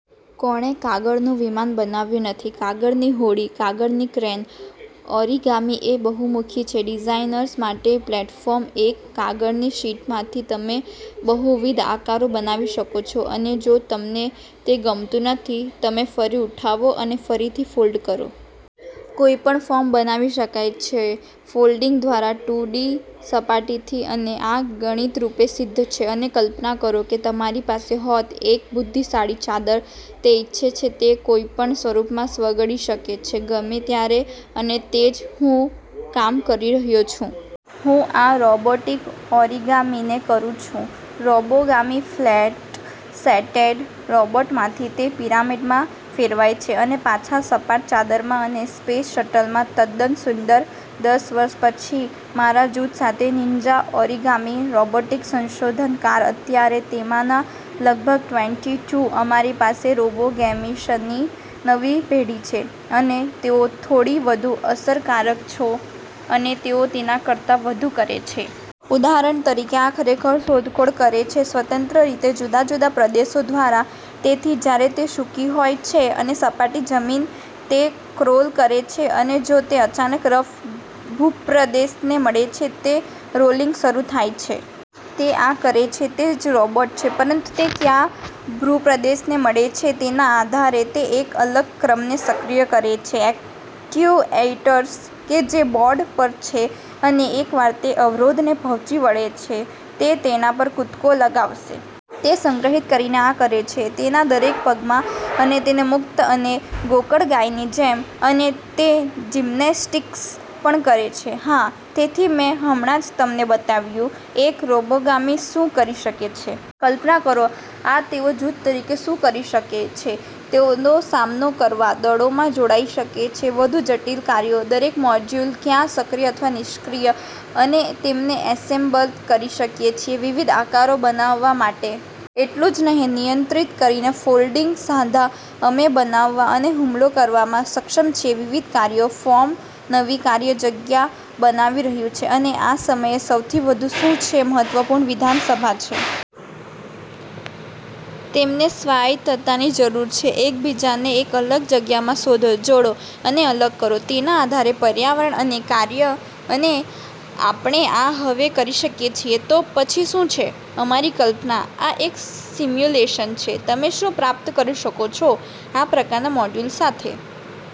કોણે કાગળનું વિમાન બનાવ્યું નથી? કાગળની હોડી? કાગળની ક્રેન? ઓરિગામિ એ બહુમુખી છે ડિઝાઇનર્સ માટે પ્લેટફોર્મ. એક કાગળની શીટમાંથી તમે બહુવિધ આકારો બનાવી શકો છો અને જો તમને તે ગમતું નથી, તમે ફરી ઉઠાવો અને ફરીથી ફોલ્ડ કરો. કોઈપણ ફોર્મ બનાવી શકાય છે ફોલ્ડિંગ દ્વારા ટુ ડી સપાટીથી અને આ ગણિતરૂપે સિદ્ધ છે. અને કલ્પના કરો કે તમારી પાસે હોત એક બુદ્ધિશાળી ચાદર તે ઇચ્છે તે કોઈપણ સ્વરૂપમાં સ્વગડી શકે છે ગમે ત્યારે અને તે જ હું કામ કરી રહ્યો છું. હું આ રોબોટિક ઓરિગામિને કરું છું "રોબોગામી". ફ્લેટ-શેટેડ રોબોટમાંથી તે પિરામિડમાં ફેરવાય છે અને પાછા સપાટ ચાદરમાં અને સ્પેસ શટલમાં. તદ્દન સુંદર. દસ વર્ષ પછી મારા જૂથ સાથે નીન્જા ઓરિગામિ રોબોટિક સંશોધનકાર અત્યારે તેમાંના લગભગ ટ્વેન્ટી ટુ અમારી પાસે રોબોગેમિસની નવી પેઢી છે અને તેઓ થોડી વધુ અસરકારક છો અને તેઓ તેના કરતા વધુ કરે છે. ઉદાહરણ તરીકે, આ ખરેખર શોધખોળ કરે છે સ્વતંત્ર રીતે જુદા જુદા પ્રદેશો દ્વારા. તેથી જ્યારે તે સૂકી હોય છે અને સપાટ જમીન, તે ક્રોલ કરે છે. અને જો તે અચાનક રફ ભૂપ્રદેશને મળે છે, તે રોલિંગ શરૂ થાય છે. તે આ કરે છે તે જ રોબોટ છે પરંતુ તે કયા ભૂપ્રદેશને મળે છે તેના આધારે. તે એક અલગ ક્રમને સક્રિય કરે છે એક્ટ્યુએટર્સ કે જે બોર્ડ પર છે. અને એકવાર તે અવરોધને પહોંચી વળે છે, તે તેના પર કૂદકો લગાવશે. તે સંગ્રહિત કરીને આ કરે છે તેના દરેક પગમાં અને તેને મુક્ત અને ગોકળગાયની જેમ. અને તે જિમ્નેસ્ટિક્સ પણ કરે છે. હા! તેથી મેં હમણાં જ તમને બતાવ્યું એક રોબોગામી શું કરી શકે છે. કલ્પના કરો કે તેઓ જૂથ તરીકે શું કરી શકે છે. તેઓ સામનો કરવા દળોમાં જોડાઈ શકે છે વધુ જટિલ કાર્યો. દરેક મોડ્યુલ, ક્યાં સક્રિય અથવા નિષ્ક્રિય, અમે તેમને એસેમ્બલ કરી શકીએ છીએ વિવિધ આકારો બનાવવા માટે. એટલું જ નહીં, નિયંત્રિત કરીને ફોલ્ડિંગ સાંધા, અમે બનાવવા અને હુમલો કરવામાં સક્ષમ છીએ વિવિધ કાર્યો. ફોર્મ નવી કાર્ય જગ્યા બનાવી રહ્યું છે. અને આ સમયે સૌથી વધુ શું છે મહત્વપૂર્ણ? વિધાનસભા છે. તેમને સ્વાયત્તતાની જરૂર છે. એકબીજાને એક અલગ જગ્યામાં શોધો, જોડો અને અલગ કરો તેના આધારે પર્યાવરણ અને કાર્ય. અને આપણે આ હવે કરી શકીએ છીએ. તો પછી શું છે? અમારી કલ્પના. આ એક સિમ્યુલેશન છે તમે શું પ્રાપ્ત કરી શકો છો આ પ્રકારના મોડ્યુલ સાથે.